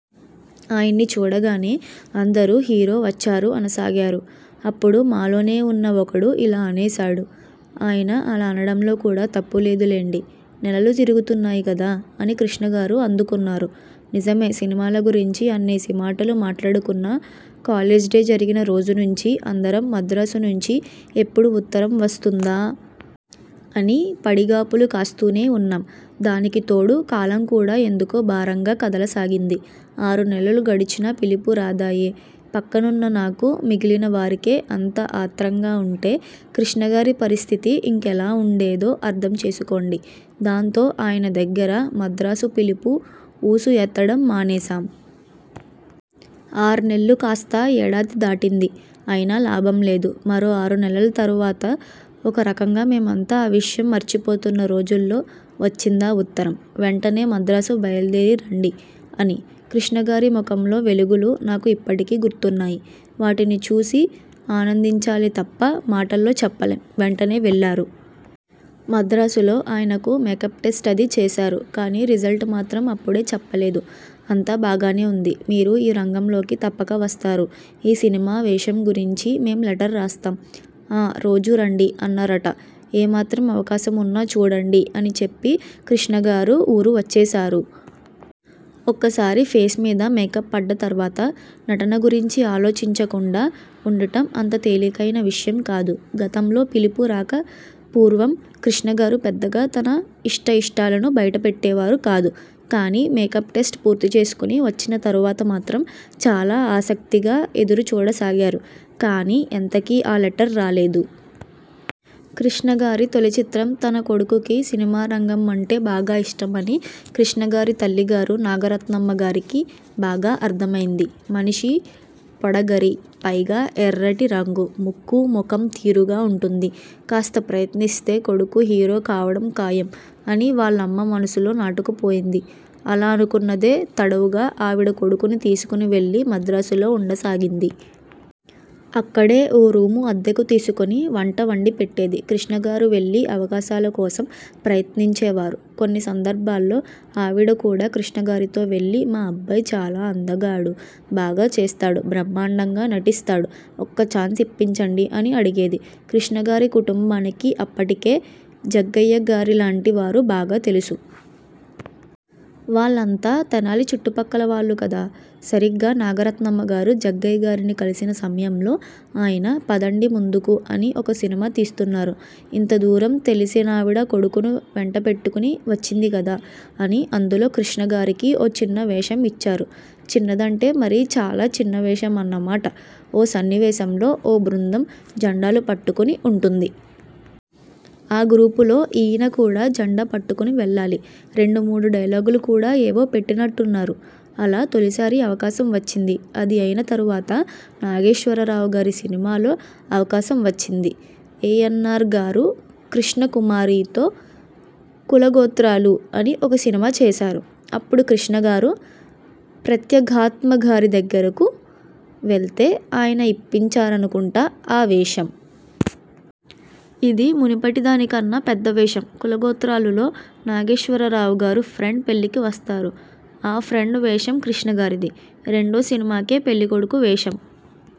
ఆయన్ని చూడగానే అందరూ హీరో వచ్చారు అనసాగారు. అప్పుడు మాలోనే ఉన్న ఒకడు ఇలా అనేశాడు. 'ఆయన అలా అనడంలో కూడా తప్పులేదులెండి. నెలలు తిరుగుతున్నాయి కదా' అని కృష్ణగారు అందుకున్నారు. నిజమే సినిమాల గురించి అన్నేసి మాటలు మాట్లాడుకున్నా, కాలేజ్ డే జరిగిన రోజునుంచీ అందరం మద్రాసు నుంచి ఎప్పుడు ఉత్తరం వస్తుందా? అని పడిగాపులు కాస్తూనే ఉన్నాం. దానికితోడు కాలంకూడా ఎందుకో భారంగా కదలసాగింది. ఆరునెలలు గడిచినా పిలుపు రాదాయె. పక్కనున్న నాకు, మిగిలిన వారికే అంత ఆత్రంగా ఉంటే కృష్ణగారి పరిస్థితి ఇంకేలా ఉండేదో అర్థం చేసుకోండి. దాంతో ఆయన దగ్గర 'మద్రాసు పిలుపు' ఊసు ఎత్తడం మానేశాం. ఆర్నెల్లు కాస్తా ఏడాది దాటింది. అయినా లాభంలేదు. మరో ఆరునెలలు తర్వాత, ఒకరకంగా మేమంతా ఆ విషయం మర్చిపోతున్నరోజుల్లో వచ్చిందా ఉత్తరం. 'వెంటనే మద్రాసు బయలుదేరి రండి' అని. కృష్ణగారి ముఖంలో వెలుగులు నాకు ఇప్పటికీ గుర్తున్నాయి. వాటిని చూసి ఆనందించాలేతప్ప, మాటల్లో చెప్పలేం. వెంటనే వెళ్లారు. మద్రాసులో ఆయనకు మేకప్టెస్ట్ అదీ చేశారు. కానీ రిజల్ట్ మాత్రం అప్పుడే చెప్పలేదు. 'అంతా బాగానే ఉంది. మీరు ఈ రంగంలోకి తప్పక వస్తారు. ఈ సినిమా వేషంగురించి మేం లెటర్ రాస్తాం. ఆ రోజురండి' అన్నారట. 'ఏమాత్రం అవకాశం ఉన్నా చూడండి ' అనిచెప్పి కృష్ణగారు ఊరు వచ్చేశారు. ఒక్కసారి ఫేస్మీద మేకప్ పడ్డ తర్వాత నటనగురించి ఆలోచించకుండా ఉండటం అంత తేలికైన విషయం కాదు. గతంలో పిలుపు రాకపూర్వం కృష్ణగారు పెద్దగా తన ఇష్టాయిష్టాలను బయటపెట్టేవారు కాదు. కానీ మేకప్టెస్ట్ పూర్తిచేసుకుని వచ్చిన తర్వాత మాత్రం చాలా ఆసక్తిగా ఎదురుచూడసాగారు. కానీ ఎంతకీ ఆ లెటర్ రాలేదు. కృష్ణగారి తొలిచిత్రం తన కొడుకుకి సినిమారంగం అంటే బాగా ఇష్టమని కృష్ణగారి తల్లిగారు నాగరత్నమ్మగారికి బాగా అర్థమైంది. 'మనిషి పొడగరి. పైగా ఎర్రటిరంగు. ముక్కూ, ముఖం తీరుగా ఉంటుంది. కాస్త ప్రయత్నిస్తే కొడుకు హీరో కావడం ఖాయం' అని వాళ్లమ్మ మనసులో నాటుకుపోయింది. అలా అనుకున్నదే తడవుగా ఆవిడ కొడుకును తీసుకుని వెళ్లి మద్రాసులో ఉండసాగింది. అక్కడే ఓ రూము అద్దెకు తీసుకుని వంట వండిపెట్టేది. కృష్ణగారు వెళ్లి అవకాశాలకోసం ప్రయత్నించేవారు. కొన్ని సందర్భాల్లో ఆవిడ కూడా కృష్ణగారితో వెళ్లి 'మా అబ్బాయి చాలా అందగాడు. బాగా చేస్తాడు, బ్రహ్మాండంగా నటిస్తాడు, ఒక్కఛాన్స్ ఇప్పించండి' అని అడిగేది. కృష్ణగారి కుటుంబానికి అప్పటికే జగ్గయ్యగారిలాంటి వారు బాగా తెలుసు. వాళ్లంతా తెనాలి చుట్టుపక్కలవాళ్లు కదా. సరిగ్గా నాగరత్నమ్మగారు జగ్గయ్యగారిని కలిసిన సమయంలో ఆయన 'పదండి ముందుకు' అని ఒక సినిమా తీస్తున్నారు. ఇంతదూరం తెలిసినావిడ కొడుకును వెంటపెట్టుకుని వచ్చిందికదా అని అందులో కృష్ణగారికి ఓ చిన్నవేషం ఇచ్చారు. చిన్నదంటే మరీ చాలా చిన్నవేషం అన్నమాట. ఓ సన్నివేశంలో ఓ బృందం జండాలు పట్టుకుని ఉంటుంది. ఆ గ్రూపులో ఈయన కూడా జెండా పట్టుకుని వెళ్లాలి. రెండు మూడు డైలాగులు కూడా ఏవో పెట్టినట్టున్నారు. అలా తొలిసారి అవకాశం వచ్చింది. అది అయిన తర్వాత నాగేశ్వరరావుగారి సినిమాలో అవకాశం వచ్చింది. ఏఎన్నార్గారు కృష్ణకుమారితో 'కులగోత్రాలు' అని ఒక సినిమా చేశారు. అప్పుడు కృష్ణగారు ప్రత్యగాత్మగారిదగ్గరకు వెళ్తే ఆయన ఇప్పించారనుకుంటా ఆ వేషం. ఇది మునుపటి దానికన్నా పెద్ద వేషం. 'కులగోత్రాలు'లో నాగేశ్వరరావుగారు ఫ్రెండ్ పెళ్ళికి వస్తారు. ఆ ఫ్రెండ్ వేషం కృష్ణగారిది. రెండో సినిమాకే పెళ్ళికొడుకు వేషం